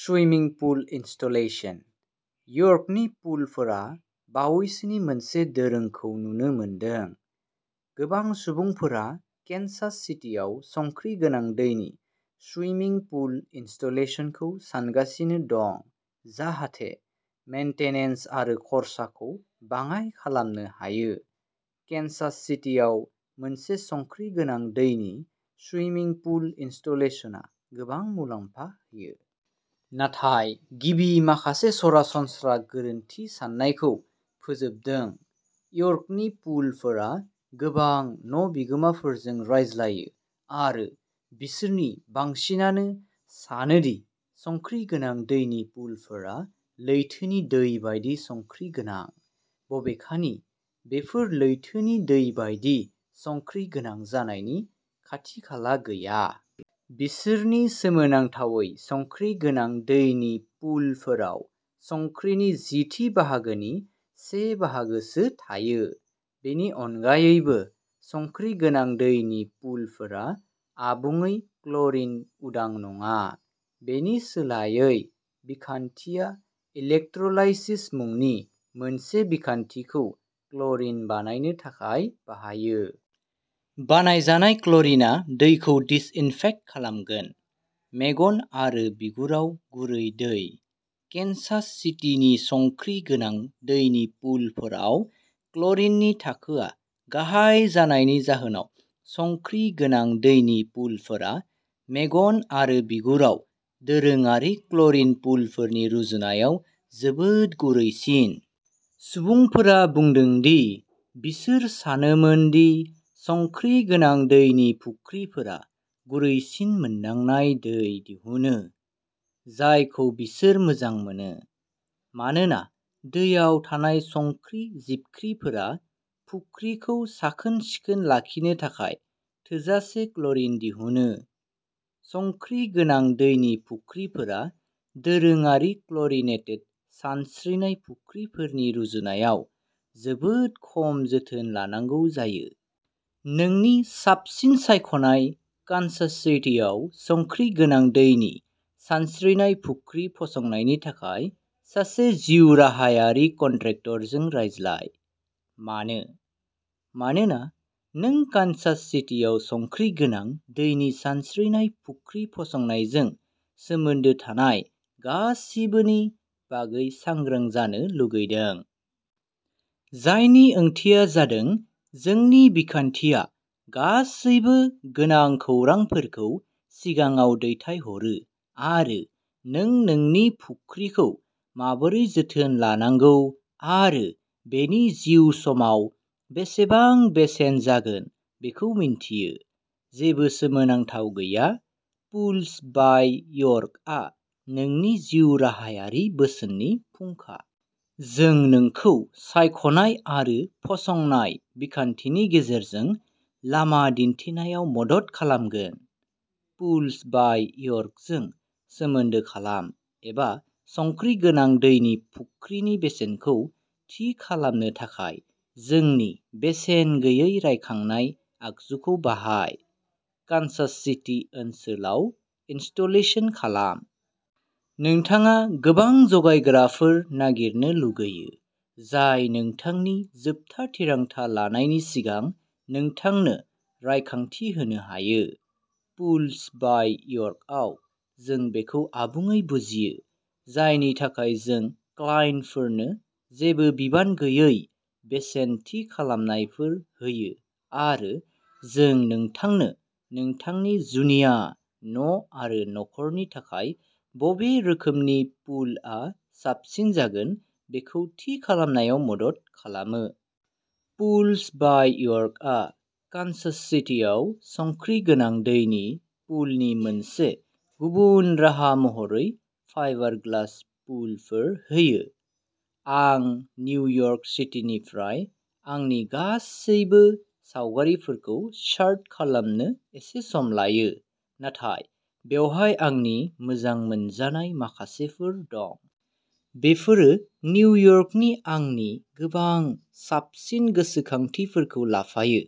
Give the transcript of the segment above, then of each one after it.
सुइमिं pool installation. यर्कनि पुलफोरा बावैसोनि मोनसे दोरोंखौ नुनो मोनदों। गोबां सुबुंफोरा केन्सास सिटीआव संख्रि गोनां दैनि सुइमिं पुल इनस्टलेशनखौ सानगासिनो दं, जाहाथे मेनटेनन्स आरो खरसाखौ बाङाइ खालामनो हायो। केन्सास सिटीआव मोनसे संख्रि गोनां दैनि सुइमिं पुल इनस्टलेशनआ गोबां मुलाम्फा होयो। नाथाय गिबि माखासे सरासनस्रा गोरोन्थि साननायखौ फोजोबदों। यर्कनि पुलफोरा गोबां न' बिगोमाफोरजों रायज्लायो आरो बिसोरनि बांसिनानो सानो दि संख्रि गोनां दैनि पुलफोरा लैथोनि दै बायदि संख्रि गोनां। बबेखानि बेफोर लैथोनि दै बायदि संख्रि गोनां जानायनि खाथि-खाला गैया। बिसोरनि सोमोनांथावै संख्रि गोनां दैनि पुलफोराव संख्रिनि जिथि बाहागोनि से बाहागोसो थायो। बेनि अनगायैबो संख्रि गोनां दैनि पुलफोरा आबुङै क्ल'रिन उदां नङा। बेनि सोलायै बिखान्थिया इलेक्ट्र'लाइसिस मुंनि मोनसे बिखान्थिखौ क्ल'रिन बानायनो थाखाय बाहायो। बानायनाय क्ल'रिनआ दैखौ दिसइनफेक्ट खालामगोन। मेगन आरो बिगुराव गुरै दै। केन्सास सिटीनि संख्रि गोनां दैनि पुलफोराव क्ल'रिननि थाखोआ गाहाय जानायनि जाहोनाव संख्रि गोनां दैनि पुलफोरा मेगन आरो बिगुराव दोरोङारि क्ल'रिन पुलफोरनि रुजुनायाव जोबोद गुरैसिन। सुबुंफोरा बुंदों दि बिसोर सानोमोन दि संख्रि गोनां दैनि फुख्रिफोरा गुरैसिन मोनदांनाय दै दिहुनो, जायखौ बिसोर मोजां मोनो। मानोना दैयाव थानाय संख्रि जिबख्रिफोरा फुख्रिखौ साखोन-सिखोन लाखिनो थाखाय थोजासे क्ल'रिन दिहुनो। संख्रि गोनां दैनि फुख्रिफोरा दोरोङारि क्ल'रिनेटेड सानस्रिनाय फुख्रिफोरनि रुजुनायाव जोबोद खम जोथोन लानांगौ जायो। नोंनि साबसिन सायख'नाय कानसास सिटियाव संख्रि गोनां दैनि सानस्रिनाय फुख्रि फसंनायनि थाखाय सासे जिउराहायारि कन्ट्रेक्टरजों रायज्लाय। मानो? मानोना नों कानसास सिटियाव संख्रि गोनां दैनि सानस्रिनाय फुख्रि फसंनायजों सोमोन्दो थानाय गासिबोनि बागै सांग्रां जानो लुगैदों। जायनि ओंथिया जादों जोंनि बिखान्थिया गासैबो गोनां खौरांफोरखौ सिगाङाव दैथायहरो आरो नों नोंनि फुख्रिखौ माबोरै जोथोन लानांगौ आरो बेनि जिउसमाव बेसेबां बेसेन जागोन बेखौ मिन्थियो। जेबो सोमोनांथाव गैया, पुल्स बाइ यर्कआ नोंनि जिउराहायारि बोसोननि फुंखा। जों नोंखौ सायख'नाय आरो फसंनाय बिखान्थिनि गेजेरजों लामा दिन्थिनायाव मदद खालामगोन। पुल्स बाइ यर्कजों सोमोन्दो खालाम एबा संख्रि गोनां दैनि फुख्रिनि बेसेनखौ थि खालामनो थाखाय जोंनि बेसेन गैयै रायखांनाय आगजुखौ बाहाय। कानसास सिटी ओनसोलाव इनस्टलेशन खालाम। नोंथाङा गोबां जगायग्राफोर नागिरनो लुगैयो जाय नोंथांनि जोबथा थिरांथा लानायनि सिगां नोंथांनो रायखांथि होनो हायो। पुल्स बाय यर्कआव जों बेखौ आबुङै बुजियो, जायनि थाखाय जों क्लाइन्टफोरनो जेबो बिबान गैयै बेसेन थि खालामनायफोर होयो आरो जों नोंथांनो नोंथांनि जुनिया न' आरो न'खरनि थाखाय बबे रोखोमनि पुलआ साबसिन जागोन बेखौ थि खालामनायाव मदद खालामो। पुल्स बाय यर्कआ कानसास सिटीआव संख्रि गोनां दैनि पुलनि मोनसे गुबुन राहा महरै फाइबारग्लास पुलफोर होयो। आं निउ यर्क सिटीनिफ्राय आंनि गासैबो सावगारिफोरखौ सार्ट खालामनो एसे सम लायो, नाथाय बेवहाय आंनि मोजां मोनजानाय माखासेफोर दं। बेफोरो निउ यर्कनि आंनि गोबां साबसिन गोसोखांथिफोरखौ लाफायो।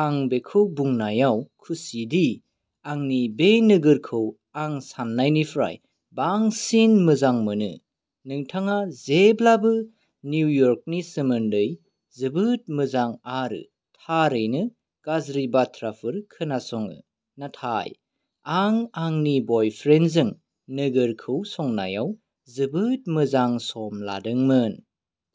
आं बेखौ बुंनायाव खुसिदि आं बे नोगोरखौ आं सान्नायनिफ्राय बांसिन मोजां मोनो। नोंथाङा जेब्लाबो निउ यर्कनि सोमोन्दै जोबोद मोजां आरो थारैनो गाज्रि बाथ्राफोर खोनासङो, नाथाय आं आंनि बायफ्रेन्डजों नोगोरखौ संनायाव जोबोद मोजां सम लादोंमोन।